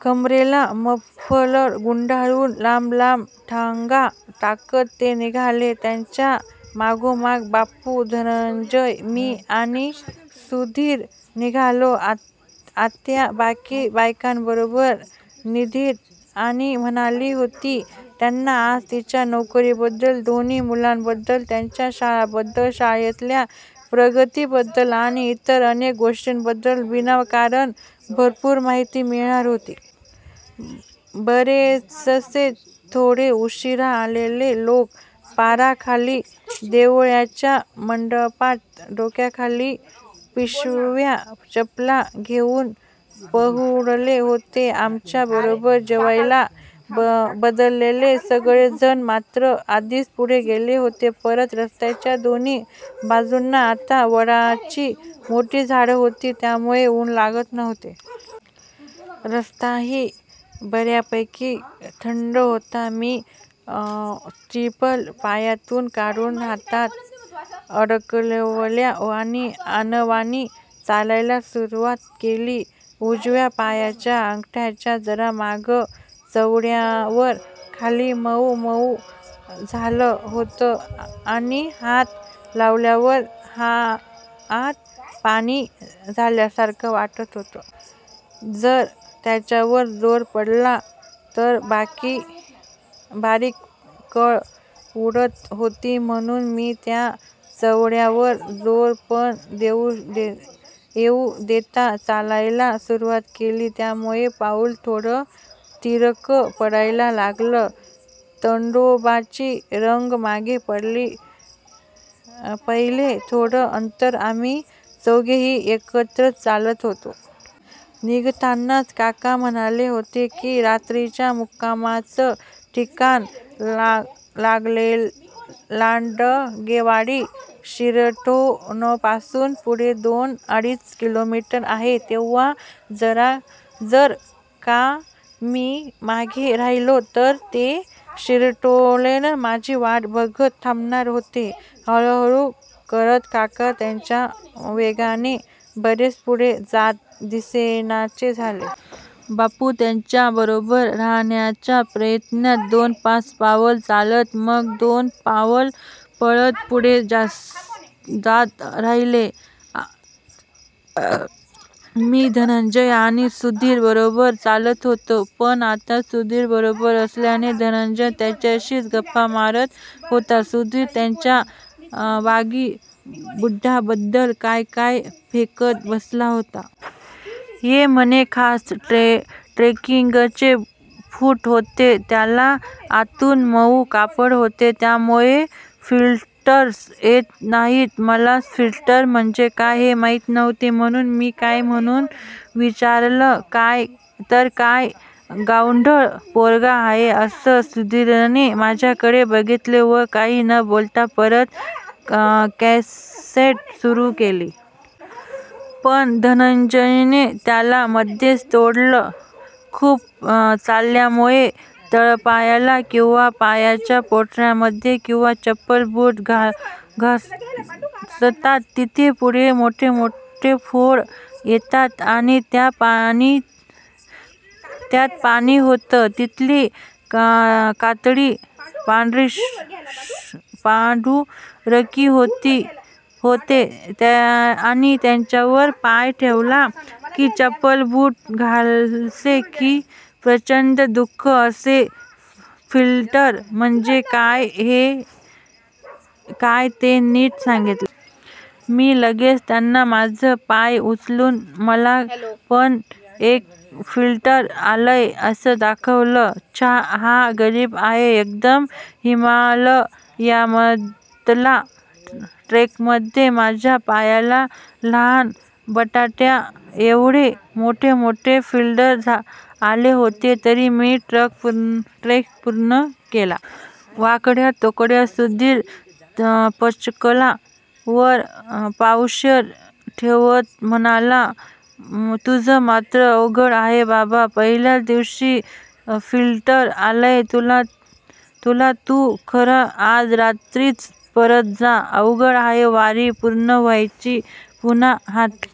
कमरेला मफलर गुंडाळून लांब लांब ढांगा टाकत ते निघाले. त्यांच्या मागोमाग बापू, धनंजय, मी आणि सुधीर निघालो. आत्या बाकी बायकांबरोबर निघेन असं म्हणाली होती त्यांना आज तिच्या नोकरीबद्दल, दोन्ही मुलांबद्दल, त्यांच्या शाळांबद्दल, शाळेतल्या प्रगतीबद्दल आणि इतर अनेक गोष्टींबद्दल बिनकामाची भरपूर माहिती मिळणार होती. बरेचसे थोडे उशीरा आलेले लोक पाराखाली, देवळाच्या मंडपात, डोक्याखाली पिशव्या-चपला घेउन पहुडले होते. आमच्या बरोबर जेवायला बसलेले सगळेजण मात्र आधीच पुढे गेले होते. परत रस्त्याच्या दोन्ही बाजूनी आता वडाची मोठी झाडं होती त्यामुळं उन लागत नव्हतं. रस्ताही बर्यापैकी थंड होता. मी स्लीपर पायातून काढून हातात अडकवल्या आणि अनवाणी चालायला सुरुवात केली. उजव्या पायाच्या अंगठ्याच्या जरा मागं चवड्यावर खाली मउ मउ झालं होतं आणि हात लावल्यावर आत पाणी झाल्यासारखं वाटत होतं. जर त्याच्यावर जोर पडला तर बारीक कळ उठत होती. म्हणुन मी त्या चवड्यावर जोर न येउ देता चालायला सुरुवात केली. त्यामुळे पाउल थोडं तिरकं पडायला लागलं. दंडोबाची रांग मागे पडली. पहिले थोडे अंतर आम्ही चौघेही एकत्रच चालत होतो. निघतानाच काका म्हणाले होते की रात्रीच्या मुक्कामाचं ठिकाण, लांडगेवाडी, शिरढोणपासून पुढे दोन-अडीच किलोमीटर आहे. तेव्हा जर का मी मागे राहिलो तर ते शिरढोणला माझी वाट बघत थांबणार होते. हळुहळु करत काका त्यांच्या वेगाने बरेच पुढे जात दिसेनासे झाले. बापू त्यांच्याबरोबर राहण्याच्या प्रयत्नात दोन-पाच पावलं चालत, मग दोन पावलं पळत पुढे जात राहिले. मी धनंजय आणि सुधीर बरोबर चालत होतो. पण आता सुधीर बरोबर असल्याने धनंजय त्याच्याशीच गप्पा मारत होता. सुधीर त्याच्या भारी बुटांबद्दल काय काय फेकत बसला होता. ते म्हणे खास ट्रेकिंगचे बूट होते. त्याला आतून मउ कापड होतं ज्यामुळे ब्लिस्टर येत नाहीत. मला ब्लिस्टर म्हणजे काय ते माहिती नव्हतं म्हणुन मी काय म्हणुन विचारलं तर काय गावंढळ पोरगा आहे असं सुधीरने माझ्याकडे बघितली व काही न बोलता परत कॅसेट सुरु केली. पण धनंजयने त्याला मध्येच तोडत खूप चालल्यामुळे तळपायाला किंवा पायाच्या बोटांमध्ये किंवा चप्पल-बूट घासतात तिथे मोठे मोठे फोड येतात आणि त्यात पाणी होतं. तिथली कातडी पांढुरकी होते आणि त्याच्यावर पाय टेकला किंवा चप्पल-बूट घासले की प्रचंड दुखतं असं ब्लिस्टर म्हणजे काय ते नीट सांगितले. मी लगेच त्यांना माझा पाय उचलून मला पण एक ब्लिस्टर आलाय असं दाखवलं. छ्या! हा गरीब आहे एकदम. हिमालयातल्या ट्रेकमध्ये माझ्या पायाला लहान बटाट्याएव्हडे मोठे मोठे ब्लिस्टर आले होते. तरी मी ट्रेक पूर्ण केला. वाकड्या तोंड्याचा सुधीर पचकला. वर पावशेर ठेवत म्हणाला, तुझं मात्र अवघड आहे बाबा. पहिल्याच दिवशी ब्लिस्टर आलाय तुला. तू खरा आज रात्रीच परत जा. अवघड आहे वारी पूर्ण व्हायची तुझ्या हातनं